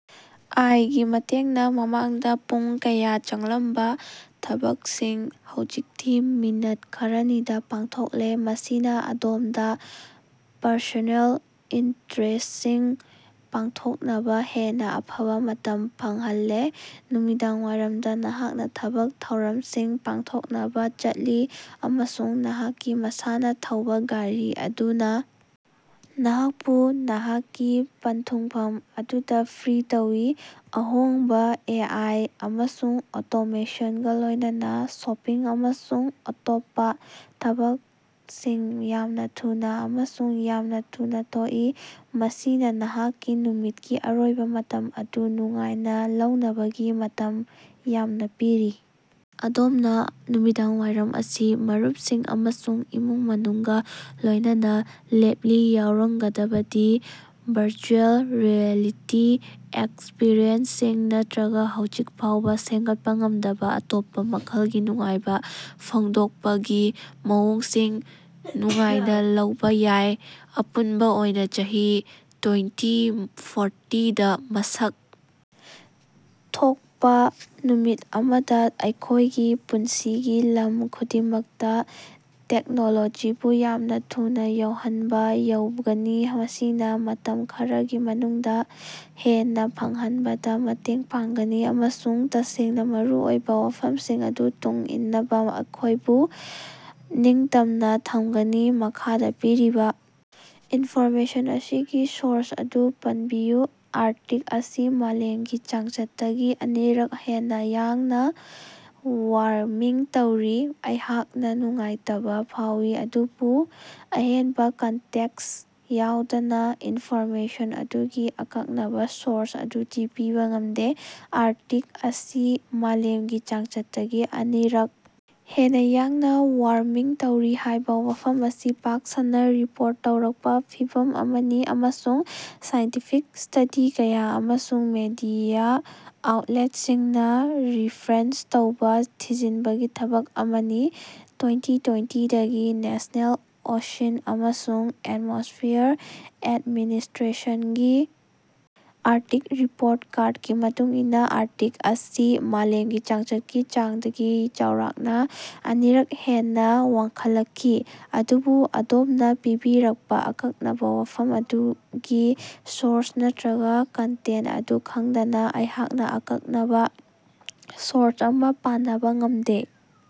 ꯑꯥꯏ ꯒꯤ ꯃꯇꯦꯡꯅ ꯃꯃꯥꯡꯗ ꯄꯨꯡ ꯀꯌꯥ ꯆꯪꯂꯝꯕ ꯊꯕꯛꯁꯤꯡ ꯍꯧꯖꯤꯛꯇꯤ ꯃꯤꯅꯤꯠ ꯈꯔꯅꯤꯗ ꯄꯥꯡꯊꯣꯛꯂꯦ ꯃꯁꯤꯅ ꯑꯗꯣꯝꯗ ꯄꯔꯁꯣꯅꯦꯜ ꯏꯟꯇꯔꯦꯁꯁꯤꯡ ꯄꯥꯡꯊꯣꯛꯅꯕ ꯍꯦꯟꯅ ꯑꯐꯕ ꯃꯇꯝ ꯐꯪꯍꯜꯂꯦ꯫ ꯅꯨꯃꯤꯗꯥꯡꯋꯥꯏꯔꯝꯗ ꯅꯍꯥꯛꯅ ꯊꯕꯛ ꯊꯧꯔꯝꯁꯤꯡ ꯄꯥꯡꯊꯣꯛꯅꯕ ꯆꯠꯂꯤ ꯑꯃꯁꯨꯡ ꯅꯍꯥꯛꯀꯤ ꯃꯁꯥꯅ ꯊꯧꯕ ꯒꯥꯔꯤ ꯑꯗꯨꯅ ꯅꯍꯥꯛꯄꯨ ꯅꯍꯥꯛꯀꯤ ꯄꯟꯊꯨꯡꯐꯝ ꯑꯗꯨꯗ ꯐꯦꯔꯤ ꯇꯧꯏ꯫ ꯑꯍꯣꯡꯕ ꯑꯦ ꯑꯥꯏ ꯑꯃꯁꯨꯡ ꯑꯣꯇꯣꯃꯦꯁꯟꯒ ꯂꯣꯏꯅꯅ ꯁꯣꯄꯤꯡ ꯑꯃꯁꯨꯡ ꯑꯇꯣꯞꯄ ꯊꯕꯛꯁꯤꯡ ꯌꯥꯝꯅ ꯊꯨꯅꯥ ꯑꯃꯁꯨꯡ ꯌꯥꯝꯅ ꯊꯨꯅꯥ ꯊꯣꯛꯏ ꯃꯁꯤꯅ ꯅꯍꯥꯛꯀꯤ ꯅꯨꯃꯤꯠꯀꯤ ꯑꯔꯣꯏꯕ ꯃꯇꯝ ꯑꯗꯨ ꯅꯨꯡꯉꯥꯏꯅ ꯂꯧꯅꯕꯒꯤ ꯃꯇꯝ ꯌꯥꯝꯅ ꯄꯤꯔꯤ꯫ ꯑꯗꯣꯝꯅ ꯅꯨꯃꯤꯗꯥꯡꯋꯥꯏꯔꯝ ꯑꯁꯤ ꯃꯔꯨꯞꯁꯤꯡ ꯑꯃꯁꯨꯡ ꯏꯃꯨꯡ ꯃꯅꯨꯡꯒ ꯂꯣꯏꯅꯅ ꯂꯦꯞꯂꯤ ꯌꯥꯎꯔꯝꯒꯗꯕꯗꯤ ꯚꯔꯆꯨꯑꯦꯜ ꯔꯤꯌꯦꯂꯤꯇꯤ ꯑꯦꯛꯁꯄꯔꯤꯌꯦꯟꯁꯁꯤꯡ ꯅꯠꯇ꯭ꯔꯒ ꯍꯧꯖꯤꯛ ꯐꯥꯎꯕ ꯁꯦꯝꯒꯠꯄ ꯉꯝꯗꯕ ꯑꯇꯣꯞꯄ ꯃꯈꯜꯒꯤ ꯅꯨꯡꯉꯥꯏꯕ ꯐꯣꯡꯗꯣꯛꯄꯒꯤ ꯃꯑꯣꯡꯁꯤꯡ ꯅꯨꯡꯉꯥꯏꯅ ꯂꯧꯕ ꯌꯥꯏ꯫ ꯑꯄꯨꯟꯕ ꯑꯣꯏꯅ ꯆꯍꯤ ꯇꯣꯏꯟꯇꯤ ꯐꯣꯔꯇꯤ ꯗ ꯃꯁꯛ ꯊꯣꯛꯄ ꯅꯨꯃꯤꯠ ꯑꯃꯗ ꯑꯩꯈꯣꯏꯒꯤ ꯄꯨꯟꯁꯤꯒꯤ ꯂꯝ ꯈꯨꯗꯤꯡꯃꯛꯇ ꯇꯦꯛꯅꯣꯂꯣꯖꯤꯕꯨ ꯌꯥꯝꯅ ꯊꯨꯅꯥ ꯌꯥꯎꯍꯟꯕ ꯌꯥꯎꯒꯅꯤ ꯃꯁꯤꯅ ꯃꯇꯝ ꯈꯔꯒꯤ ꯃꯅꯨꯡꯗ ꯍꯦꯟꯅ ꯐꯪꯍꯟꯕꯗ ꯃꯇꯦꯡ ꯄꯥꯡꯒꯅꯤ ꯑꯃꯁꯨꯡ ꯇꯁꯦꯡꯅ ꯃꯔꯨ ꯑꯣꯏꯕ ꯋꯥꯐꯝꯁꯤꯡ ꯑꯗꯨ ꯇꯨꯡ ꯏꯟꯅꯕ ꯑꯩꯈꯣꯏꯕꯨ ꯅꯤꯡꯇꯝꯅ ꯊꯝꯒꯅꯤ꯫ ꯃꯈꯥꯗ ꯄꯤꯔꯤꯕ ꯏꯟꯐꯣꯔꯃꯦꯁꯟ ꯑꯁꯤꯒꯤ ꯁꯣꯔꯁ ꯑꯗꯨ ꯄꯟꯕꯤꯌꯨ꯫ ꯑꯥꯔꯇꯤꯛ ꯑꯁꯤ ꯃꯥꯂꯦꯝꯒꯤ ꯆꯥꯡꯆꯠꯇꯒꯤ ꯑꯅꯤꯔꯛ ꯍꯦꯟꯅ ꯌꯥꯡꯅ ꯋꯥꯔꯃꯤꯡ ꯇꯧꯔꯤ꯫ ꯑꯩꯍꯥꯛꯅ ꯅꯨꯡꯉꯥꯏꯇꯕ ꯐꯥꯎꯏ ꯑꯗꯨꯕꯨ ꯑꯍꯦꯟꯕ ꯀꯟꯇꯦꯛꯁ ꯌꯥꯎꯗꯅ ꯏꯟꯐꯣꯔꯃꯦꯁꯟ ꯑꯗꯨꯒꯤ ꯑꯀꯛꯅꯕ ꯁꯣꯔꯁ ꯑꯗꯨꯗꯤ ꯄꯤꯕ ꯉꯝꯗꯦ꯫ ꯑꯔꯇꯤꯛ ꯑꯁꯤ ꯃꯥꯂꯦꯝꯒꯤ ꯆꯥꯡꯆꯠꯇꯒꯤ ꯑꯅꯤꯔꯛ ꯍꯦꯟꯅ ꯌꯥꯡꯅ ꯋꯥꯔꯃꯤꯡ ꯇꯧꯔꯤ ꯍꯥꯏꯕ ꯋꯥꯐꯝ ꯑꯁꯤ ꯄꯥꯛ ꯁꯟꯅ ꯔꯤꯄꯣꯔꯠ ꯇꯧꯔꯛꯄ ꯐꯤꯚꯝ ꯑꯃꯅꯤ ꯑꯃꯁꯨꯡ ꯁꯥꯏꯟꯇꯤꯐꯤꯛ ꯁꯇꯗꯤ ꯀꯌꯥ ꯑꯃꯁꯨꯡ ꯃꯤꯗꯤꯌꯥ ꯑꯥꯎꯠꯂꯦꯠꯁꯤꯡꯅ ꯔꯤꯐꯔꯦꯟꯁ ꯇꯧꯕ ꯊꯤꯖꯤꯟꯕꯒꯤ ꯊꯕꯛ ꯑꯃꯅꯤ꯫ ꯇꯣꯏꯟꯇꯤ ꯇꯣꯏꯟꯇꯤ ꯗꯒꯤ ꯅꯦꯁꯅꯦꯜ ꯑꯣꯁꯤꯟ ꯑꯃꯁꯨꯡ ꯑꯦꯠꯃꯣꯁꯐꯤꯌꯔ ꯑꯦꯠꯃꯤꯅꯤꯁꯇ꯭ꯔꯦꯁꯟꯒꯤ ꯑꯥꯔꯇꯤꯛ ꯔꯤꯄꯣꯔꯠ ꯀꯥꯔꯠꯀꯤ ꯃꯇꯨꯡ ꯏꯟꯅ ꯑꯥꯔꯇꯤꯛ ꯑꯁꯤ ꯃꯥꯂꯦꯝꯒꯤ ꯆꯥꯡꯆꯠꯀꯤ ꯆꯥꯡꯗꯒꯤ ꯆꯥꯎꯔꯥꯛꯅ ꯑꯅꯤꯔꯛ ꯍꯦꯟꯅ ꯋꯥꯡꯈꯠꯂꯛꯈꯤ꯫ ꯑꯗꯨꯕꯨ ꯑꯗꯣꯝꯅ ꯄꯤꯕꯤꯔꯛꯄ ꯑꯀꯛꯅꯕ ꯋꯥꯐꯝ ꯑꯗꯨꯒꯤ ꯁꯣꯔꯁ ꯅꯠꯇ꯭ꯔꯒ ꯀꯟꯇꯦꯛꯁ ꯑꯗꯨ ꯈꯪꯗꯅ ꯑꯩꯍꯥꯛꯅ ꯑꯀꯛꯅꯕ ꯁꯣꯔꯁ ꯑꯃ ꯄꯅꯕꯥ ꯉꯃꯗꯦ꯫